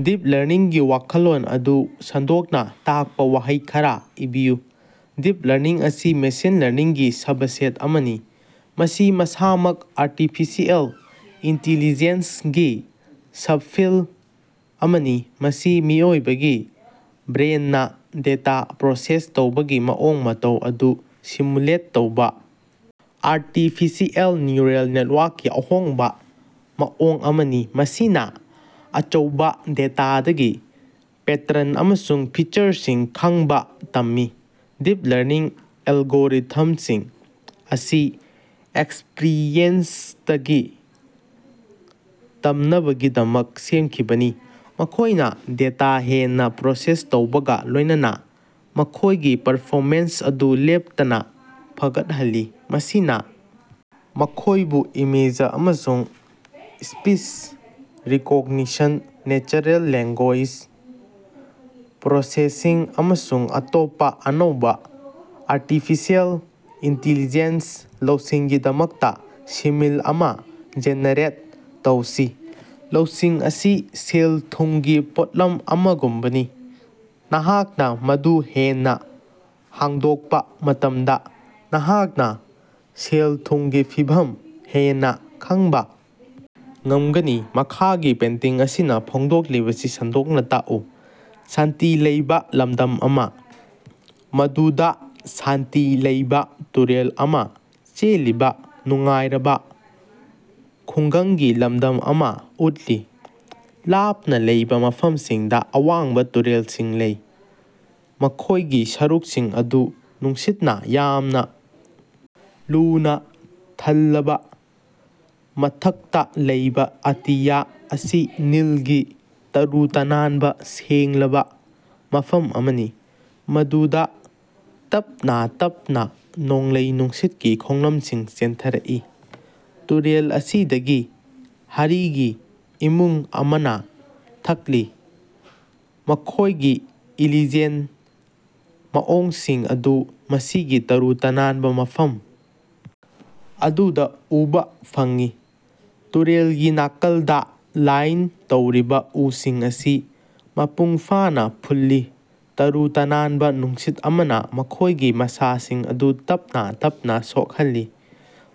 Deep ꯂꯔꯅꯤꯡꯒꯤ ꯋꯥꯈꯜꯂꯣꯟ ꯑꯗꯨ ꯁꯟꯗꯣꯛꯅꯥ ꯇꯥꯛꯄꯥ ꯋꯥꯍꯩ ꯈꯔꯥ ꯏꯕꯤꯌꯨ꯫ ꯗꯤꯞ ꯂꯔꯅꯤꯡ ꯑꯁꯤ ꯃꯦꯁꯤꯟ ꯂꯔꯅꯤꯡꯒꯤ ꯁꯕꯁꯦꯠ ꯑꯃꯅꯤ, ꯃꯁꯤ ꯃꯁꯥꯃꯛ ꯑꯥꯔꯇꯤꯐꯤꯁꯤꯑꯦꯜ ꯏꯟꯇꯤꯂꯤꯖꯦꯟꯁꯒꯤ ꯁꯞꯐꯤꯜ ꯑꯃꯅꯤ꯫ ꯃꯁꯤ ꯃꯤꯑꯣꯏꯕꯒꯤ ꯕ꯭ꯔꯦꯟꯅꯥ ꯗꯦꯇꯥ ꯄ꯭ꯔꯣꯁꯦꯁ ꯇꯧꯕꯒꯤ ꯃꯑꯣꯡ ꯃꯇꯧ ꯑꯗꯨ ꯁꯤꯃꯨꯂꯦꯠ ꯇꯧꯕꯥ ꯑꯥꯔꯇꯤꯐꯤꯁꯤꯑꯦꯜ ꯅ꯭ꯌꯨꯔꯦꯜ ꯅꯦꯠꯋꯥꯛꯀꯤ ꯑꯍꯣꯡꯕꯥ ꯃꯑꯣꯡ ꯑꯃꯅꯤ, ꯃꯁꯤꯅꯥ ꯑꯆꯧꯕꯥ ꯗꯦꯇꯥꯗꯒꯤ ꯄꯦꯇ꯭ꯔꯟ ꯑꯃꯁꯨꯡ ꯐꯤꯆꯔꯁꯤꯡ ꯈꯪꯕꯥ ꯇꯝꯃꯤ꯫ ꯗꯤꯞ ꯂꯔꯅꯤꯡ ꯑꯦꯜꯒꯣꯔꯤꯊꯝꯁꯤꯡ ꯑꯁꯤ ꯑꯦꯛꯁꯄ꯭ꯔꯤꯌꯦꯟꯁꯇꯒꯤ ꯇꯝꯅꯕꯒꯤꯗꯃꯛ ꯁꯦꯝꯈꯤꯕꯅꯤ, ꯃꯈꯣꯏꯅꯥ ꯗꯦꯇꯥ ꯍꯦꯟꯅꯥ ꯄ꯭ꯔꯣꯁꯦꯁ ꯇꯧꯕꯒꯥ ꯂꯣꯏꯅꯅꯥ ꯃꯈꯣꯏꯒꯤ ꯄꯔꯐꯣꯃꯦꯟꯁ ꯑꯗꯨ ꯂꯦꯞꯇꯅꯥ ꯐꯒꯠꯍꯜꯂꯤ꯫ ꯃꯁꯤꯅꯥ ꯃꯈꯣꯏꯕꯨ ꯏꯃꯦꯖ ꯑꯃꯁꯨꯡ speech recognition, natural language processing ꯑꯃꯁꯨꯡ ꯑꯇꯣꯞꯄꯥ ꯑꯅꯧꯕꯥ ꯑꯔꯇꯤꯐꯤꯁꯦꯜ ꯏꯟꯇꯤꯂꯤꯖꯦꯟꯁ ꯂꯧꯁꯤꯡꯒꯤꯗꯃꯛꯇꯥ ꯁꯤꯃꯤꯜ ꯑꯃꯥ ꯖꯦꯅꯦꯔꯦꯠ ꯇꯧꯁꯤ꯫ ꯂꯧꯁꯤꯡ ꯑꯁꯤ ꯁꯦꯜ-ꯊꯨꯝꯒꯤ ꯄꯣꯠꯂꯝ ꯑꯃꯒꯨꯝꯕꯅꯤ, ꯅꯍꯥꯛꯅꯥ ꯃꯗꯨ ꯍꯦꯟꯅꯥ ꯍꯥꯡꯗꯣꯛꯄꯥ ꯃꯇꯝꯗꯥ ꯅꯍꯥꯛꯅꯥ ꯁꯦꯜ-ꯊꯨꯝꯒꯤ ꯐꯤꯚꯝ ꯍꯦꯟꯅꯥ ꯈꯪꯕꯥ ꯉꯝꯒꯅꯤ꯫ ꯃꯈꯥꯒꯤ ꯄꯦꯟꯇꯤꯡ ꯑꯁꯤꯅꯥ ꯐꯣꯡꯗꯣꯛꯂꯤꯕꯁꯤ ꯁꯟꯗꯣꯛꯅ ꯇꯥꯛꯎ꯫ ꯁꯥꯟꯇꯤ ꯂꯩꯕꯥ ꯂꯝꯗꯝ ꯑꯃꯥ, ꯃꯗꯨꯗꯥ ꯁꯥꯟꯇꯤ ꯂꯩꯕꯥ ꯇꯨꯔꯦꯜ ꯑꯃꯥ ꯆꯦꯜꯂꯤꯕꯥ ꯅꯨꯡꯉꯥꯏꯔꯕꯥ ꯈꯨꯡꯒꯪꯒꯤ ꯂꯝꯗꯝ ꯑꯃꯥ ꯎꯠꯂꯤ꯫ ꯂꯥꯞꯅꯥ ꯂꯩꯕꯥ ꯃꯐꯝꯁꯤꯡꯗꯥ ꯑꯋꯥꯡꯕꯥ ꯇꯨꯔꯦꯜꯁꯤꯡ ꯂꯩ, ꯃꯈꯣꯏꯒꯤ ꯁꯔꯨꯛꯁꯤꯡ ꯑꯗꯨ ꯅꯨꯡꯁꯤꯠꯅꯥ ꯌꯥꯝꯅꯥ ꯂꯨꯅꯥ ꯊꯜꯂꯕꯥ, ꯃꯊꯛꯇꯥ ꯂꯩꯕꯥ ꯑꯇꯤꯌꯥ ꯑꯁꯤ ꯅꯤꯜꯒꯤ ꯇꯔꯨ ꯇꯅꯥꯟꯕꯥ ꯁꯦꯡꯂꯕꯥ ꯃꯐꯝ ꯑꯃꯅꯤ, ꯃꯗꯨꯗꯥ ꯇꯞꯅꯥ ꯇꯞꯅꯥ ꯅꯣꯡꯂꯩ ꯅꯨꯡꯁꯤꯠꯀꯤ ꯈꯣꯡꯂꯝꯁꯤꯡ ꯆꯦꯟꯊꯔꯛꯏ꯫ ꯇꯨꯔꯦꯜ ꯑꯁꯤꯗꯒꯤ ꯍꯔꯤꯒꯤ ꯏꯃꯨꯡ ꯑꯃꯅꯥ ꯊꯛꯂꯤ, ꯃꯈꯣꯏꯒꯤ ꯏꯂꯤꯖꯦꯟ ꯃꯑꯣꯡꯁꯤꯡ ꯑꯗꯨ ꯃꯁꯤꯒꯤ ꯇꯔꯨ ꯇꯅꯥꯟꯕꯥ ꯃꯐꯝ ꯑꯗꯨꯗꯥ ꯎꯕꯥ ꯐꯪꯏ꯫ ꯇꯨꯔꯦꯜꯒꯤ ꯅꯥꯀꯜꯗꯥ ꯂꯥꯏꯟ ꯇꯧꯔꯤꯕꯥ ꯎꯁꯤꯡ ꯑꯁꯤ ꯃꯄꯨꯡ ꯐꯥꯅꯥ ꯐꯨꯜꯂꯤ, ꯇꯔꯨ ꯇꯅꯥꯟꯕꯥ ꯅꯨꯡꯁꯤꯠ ꯑꯃꯅꯥ ꯃꯈꯣꯏꯒꯤ ꯃꯁꯥꯁꯤꯡ ꯑꯗꯨ ꯇꯞꯅꯥ ꯇꯞꯅꯥ ꯁꯣꯛꯍꯜꯂꯤ꯫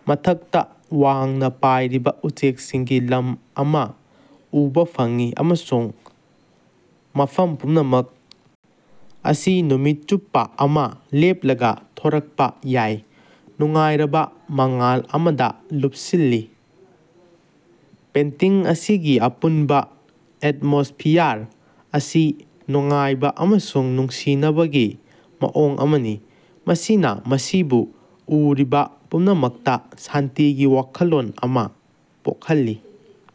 ꯃꯊꯛꯇꯥ ꯋꯥꯡꯅꯥ ꯄꯥꯏꯔꯤꯕꯥ ꯎꯆꯦꯛꯁꯤꯡꯒꯤ ꯂꯝ ꯑꯃꯥ ꯎꯕꯥ ꯐꯪꯏ ꯑꯃꯁꯨꯡ ꯃꯐꯝ ꯄꯨꯝꯅꯃꯛ ꯑꯁꯤ ꯅꯨꯃꯤꯠ ꯆꯨꯞꯄꯥ ꯑꯃꯥ ꯂꯦꯞꯂꯒꯥ ꯊꯣꯔꯛꯄꯥ ꯌꯥꯏ, ꯅꯨꯡꯉꯥꯏꯔꯕꯥ ꯃꯉꯥꯜ ꯑꯃꯗꯥ ꯂꯨꯞꯁꯤꯜꯂꯤ꯫ ꯄꯦꯟꯇꯤꯡ ꯑꯁꯤꯒꯤ ꯑꯄꯨꯟꯕꯥ ꯑꯦꯠꯃꯣꯁꯐꯤꯌꯥꯔ ꯑꯁꯤ ꯅꯨꯡꯉꯥꯏꯕꯥ ꯑꯃꯁꯨꯡ ꯅꯨꯡꯁꯤꯅꯕꯒꯤ ꯃꯑꯣꯡ ꯑꯃꯅꯤ, ꯃꯁꯤꯅꯥ ꯃꯁꯤꯕꯨ ꯎꯔꯤꯕꯥ ꯄꯨꯝꯅꯃꯛꯇꯥ ꯁꯥꯟꯇꯤꯒꯤ ꯋꯥꯈꯜꯂꯣꯟ ꯑꯃꯥ ꯄꯣꯛꯍꯜꯂꯤ꯫